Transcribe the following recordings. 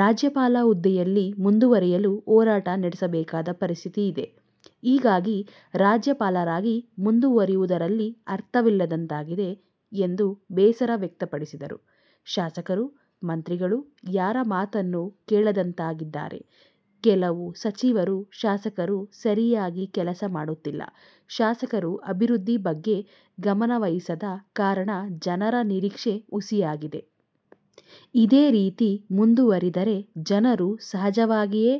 ರಾಜ್ಯಪಾಲ ಹುದ್ದೆಯಲ್ಲಿ ಮುಂದುವರಿಯಲು ಹೋರಾಟ ನಡೆಸಬೇಕಾದ ಪರಿಸ್ಥಿತಿ ಇದೆ. ಹೀಗಾಗಿ ರಾಜ್ಯಪಾಲರಾಗಿ ಮುಂದುವರಿಯುವುದರಲ್ಲಿ ಅರ್ಥವಿಲ್ಲದಂತಾಗಿದೆ ಎಂದು ಬೇಸರ ವ್ಯಕ್ತಪಡಿಸಿದರು. ಶಾಸಕರು, ಮಂತ್ರಿಗಳು ಯಾರ ಮಾತನ್ನೂ ಕೇಳದಂತಾಗಿದ್ದಾರೆ. ಕೆಲವು ಸಚಿವರು, ಶಾಸಕರು ಸರಿಯಾಗಿ ಕೆಲಸ ಮಾಡುತ್ತಿಲ್ಲ. ಶಾಸಕರು ಅಭಿವೃದ್ಧಿ ಬಗ್ಗೆ ಗಮನವಹಿಸದ ಕಾರಣ ಜನರ ನಿರೀಕ್ಷೆ ಹುಸಿಯಾಗಿದೆ. ಇದೇ ರೀತಿ ಮುಂದುವರಿದರೆ ಜನರು ಸಹಜವಾಗಿಯೇ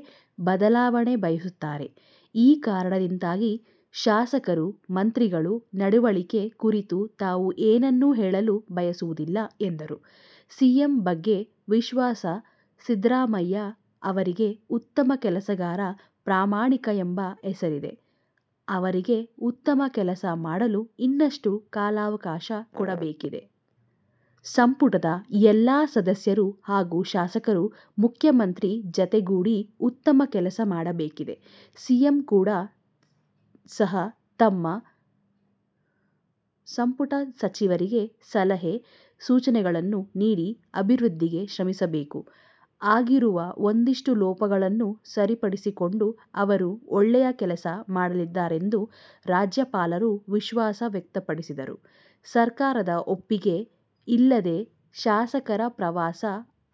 ಬದಲಾವಣೆ ಬಯಸುತ್ತಾರೆ. ಈ ಕಾರಣದಿಂದಾಗಿ ಶಾಸಕರು, ಮಂತ್ರಿಗಳ ನಡವಳಿಕೆ ಕುರಿತು ತಾವು ಏನನ್ನೂ ಹೇಳಲು ಬಯಸುವುದಿಲ್ಲ ಎಂದರು. ಸಿಎಂ ಬಗ್ಗೆ ವಿಶ್ವಾಸ ಸಿದ್ದರಾಮಯ್ಯ ಅವರಿಗೆ ಉತ್ತಮ ಕೆಲಸಗಾರ, ಪ್ರಾಮಾಣಿಕ ಎಂಬ ಹೆಸರಿದೆ. ಅವರಿಗೆ ಉತ್ತಮ ಕೆಲಸ ಮಾಡಲು ಇನ್ನಷ್ಟು ಕಾಲಾವಕಾಶ ಕೊಡಬೇಕಿದೆ. ಸಂಪುಟದ ಎಲ್ಲ ಸದಸ್ಯರು ಹಾಗೂ ಶಾಸಕರು ಮುಖ್ಯಮಂತ್ರಿ ಜತೆಗೂಡಿ ಉತ್ತಮ ಕೆಲಸ ಮಾಡಬೇಕಿದೆ. ಸಿಎಂ ಕೂಡ ಸಹ ತಮ್ಮ ಸಂಪುಟ ಸಚಿವರಿಗೆ ಸಲಹೆ, ಸೂಚನೆಗಳನ್ನು ನೀಡಿ ಅಭಿವೃದ್ಧಿಗೆ ಶ್ರಮಿಸಬೇಕು. ಆಗಿರುವ ಒಂದಿಷ್ಟು ಲೋಪಗಳನ್ನು ಸರಿಪಡಿಸಿಕೊಂಡು ಅವರು ಒಳ್ಳೆಯ ಕೆಲಸ ಮಾಡಲಿದ್ದಾರೆಂದು ರಾಜ್ಯಪಾಲರು ವಿಶ್ವಾಸ ವ್ಯಕ್ತಪಡಿಸಿದರು. ''ಸರ್ಕಾರದ ಒಪ್ಪಿಗೆ ಇಲ್ಲದೆ ಶಾಸಕರ ಪ್ರವಾಸ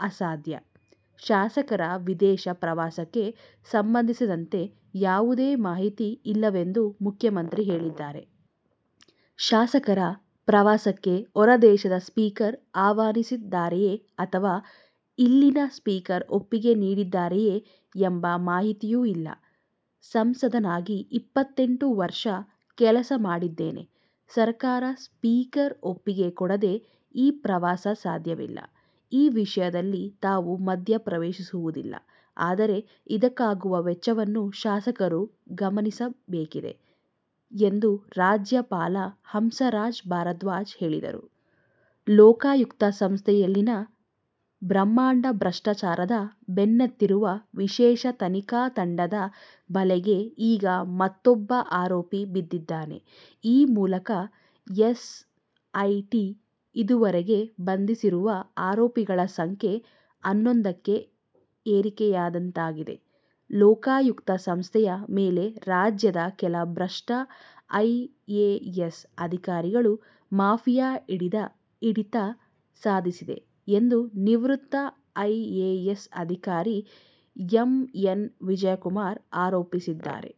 ಅಸಾಧ್ಯ''ಶಾಸಕರ ವಿದೇಶ ಪ್ರವಾಸಕ್ಕೆ ಸಂಬಂಧಿಸಿದಂತೆ ಯಾವುದೇ ಮಾಹಿತಿ ಇಲ್ಲವೆಂದು ಮುಖ್ಯಮಂತ್ರಿ ಹೇಳಿದ್ದಾರೆ. ಶಾಸಕರ ಪ್ರವಾಸಕ್ಕೆ ಹೊರ ದೇಶದ ಸ್ಪೀಕರ್ ಆಹ್ವಾನಿಸಿದ್ದಾರೆಯೇ ಅಥವಾ ಇಲ್ಲಿನ ಸ್ಪೀಕರ್ ಒಪ್ಪಿಗೆ ನೀಡಿದ್ದಾರೆಯೇ ಎಂಬ ಮಾಹಿತಿಯೂ ಇಲ್ಲ. ಸಂಸದನಾಗಿ ಇಪ್ಪತ್ತೆಂಟು ವರ್ಷ ಕೆಲಸ ಮಾಡಿದ್ದೇನೆ. ಸರಕಾರ, ಸ್ಪೀಕರ್ ಒಪ್ಪಿಗೆ ಕೊಡದೇ ಈ ಪ್ರವಾಸ ಸಾಧ್ಯವಿಲ್ಲ. ಈ ವಿಷಯದಲ್ಲಿ ತಾವು ಮಧ್ಯ ಪ್ರವೇಶಿಸುವುದಿಲ್ಲ. ಆದರೆ ಇದಕ್ಕಾಗುವ ವೆಚ್ಚವನ್ನು ಶಾಸಕರು ಗಮನಿಸಬೇಕಿದೆ ಎಂದು ರಾಜ್ಯಪಾಲ ಹಂಸರಾಜ್ ಭಾರದ್ವಾಜ್ ಹೇಳಿದರು. ಲೋಕಾಯುಕ್ತ ಸಂಸ್ಥೆಯಲ್ಲಿನ ಬ್ರಹ್ಮಾಂಡ ಭ್ರಷ್ಟಾಚಾರದ ಬೆನ್ನತ್ತಿರುವ ವಿಶೇಷ ತನಿಖಾ ತಂಡ ದ ಬಲೆಗೆ ಈಗ ಮತೊಬ್ಬ ಆರೋಪಿ ಬಿದ್ದಿದ್ದಾನೆ. ಈ ಮೂಲಕ ಎಸ್ಐಟಿ ಇದುವರೆಗೆ ಬಂಧಿಸಿರುವ ಆರೋಪಿಗಳ ಸಂಖ್ಯೆ ಹನ್ನೊಂದಕ್ಕೆ ಏರಿಕೆಯಾದಂತಾಗಿದೆ. ಲೋಕಾಯುಕ್ತ ಸಂಸ್ಥೆಯ ಮೇಲೆ ರಾಜ್ಯದ ಕೆಲ ಭ್ರಷ್ಟ ಐಎಎಸ್ ಅಧಿಕಾರಿಗಳ ಮಾಫಿಯಾ ಹಿಡಿತ ಸಾಧಿಸಿದೆ ಎಂದು ನಿವೃತ್ತ ಐಎಎಸ್ ಅಧಿಕಾರಿ ಎಂ. ಎನ್. ವಿಜಯಕುಮಾರ್ ಆರೋಪಿಸಿದ್ದಾರೆ.